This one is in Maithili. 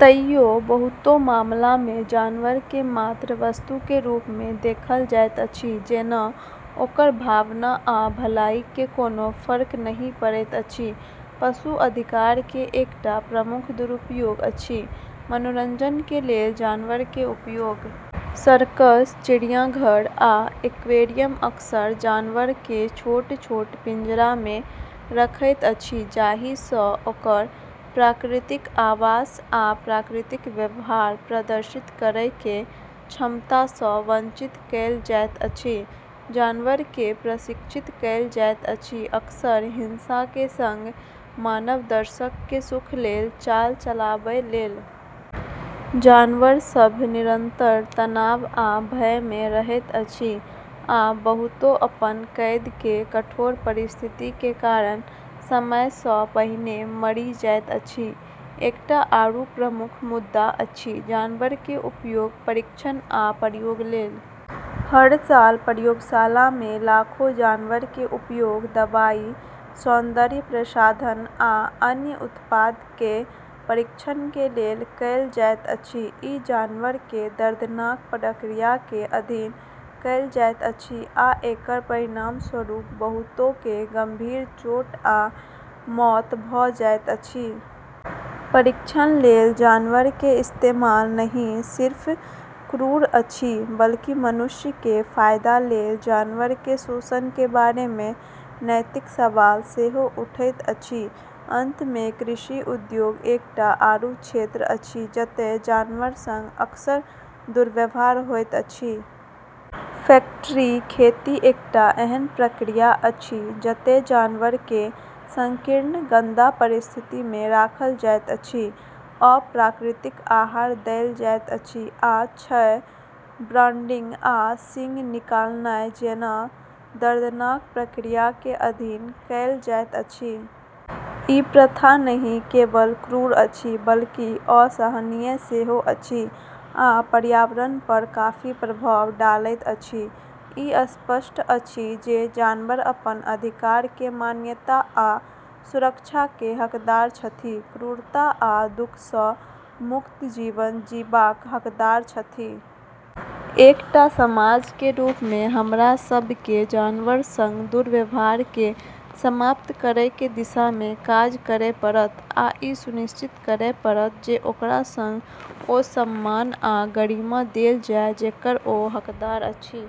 तइयो बहुतो मामला मे जानवर के मात्र वस्तु के रूप मे देखल जाएत अछि, जेना ओकर भावना आ भलाई के कोनो फर्क नहि पड़ैत अछि। पशु अधिकार के एकटा प्रमुख दुरुपयोग अछि मनोरंजन के लेल जानवर के उपयोग। सर्कस, चिड़ियाघर आ एक्वेरियम अक्सर जानवर के छोट-छोट पिंजरा मे रखैत अछि, जाहि सँ ओकर प्राकृतिक आवास आ प्राकृतिक व्यवहार प्रदर्शित करय के क्षमता सँ वंचित कएल जाएत अछि। जानवर के प्रशिक्षित कएल जाएत अछि, अक्सर हिंसा के संग, मानव दर्शक के सुख लेल चाल चलाबय लेल। जानवर सभ निरंतर तनाव आ भय मे रहैत अछि, आ बहुतो अपन कैद के कठोर परिस्थिति के कारण समय सँ पहिने मरि जाएत अछि। एकटा आरू प्रमुख मुद्दा अछि जानवर के उपयोग परीक्षण आ प्रयोग लेल। हर साल प्रयोगशाला मे लाखों जानवर के उपयोग दवाई, सौंदर्य प्रसाधन आ अन्य उत्पाद के परीक्षण के लेल कएल जाएत अछि। ई जानवर के दर्दनाक प्रक्रिया के अधीन कएल जाएत अछि, आ एकर परिणामस्वरूप बहुतो के गंभीर चोट आ मौत भ जाएत अछि। परीक्षण लेल जानवर के इस्तेमाल नहि सिर्फ क्रूर अछि, बल्कि मनुष्य के फायदा लेल जानवर के शोषण के बारे मे नैतिक सवाल सेहो उठैत अछि। अंत मे कृषि उद्योग एकटा आरू क्षेत्र अछि जतय जानवर संग अक्सर दुर्व्यवहार होइत अछि। फैक्ट्री खेती एकटा एहन प्रक्रिया अछि जतय जानवर के संकीर्ण, गंदा परिस्थिति मे राखल जाएत अछि, अप्राकृतिक आहार देल जाएत अछि, आ क्षय, ब्रांडिंग आ सींग निकालनाय जेना दर्दनाक प्रक्रिया के अधीन कएल जाएत अछि। ई प्रथा नहि केवल क्रूर अछि बल्कि असहनीय सेहो अछि आ पर्यावरण पर काफी प्रभाव डालैत अछि। ई स्पष्ट अछि जे जानवर अपन अधिकार के मान्यता आ सुरक्षा के हकदार छथि। क्रूरता आ दुख सँ मुक्त जीवन जीबाक हकदार छथि। एकटा समाज के रूप मे हमरा सब के जानवर संग दुर्व्यवहार के समाप्त करय के दिशा मे काज करय पड़त आ ई सुनिश्चित करय पड़त जे ओकरा संग ओ सम्मान आ गरिमा देल जाय जेकर ओ हकदार अछि।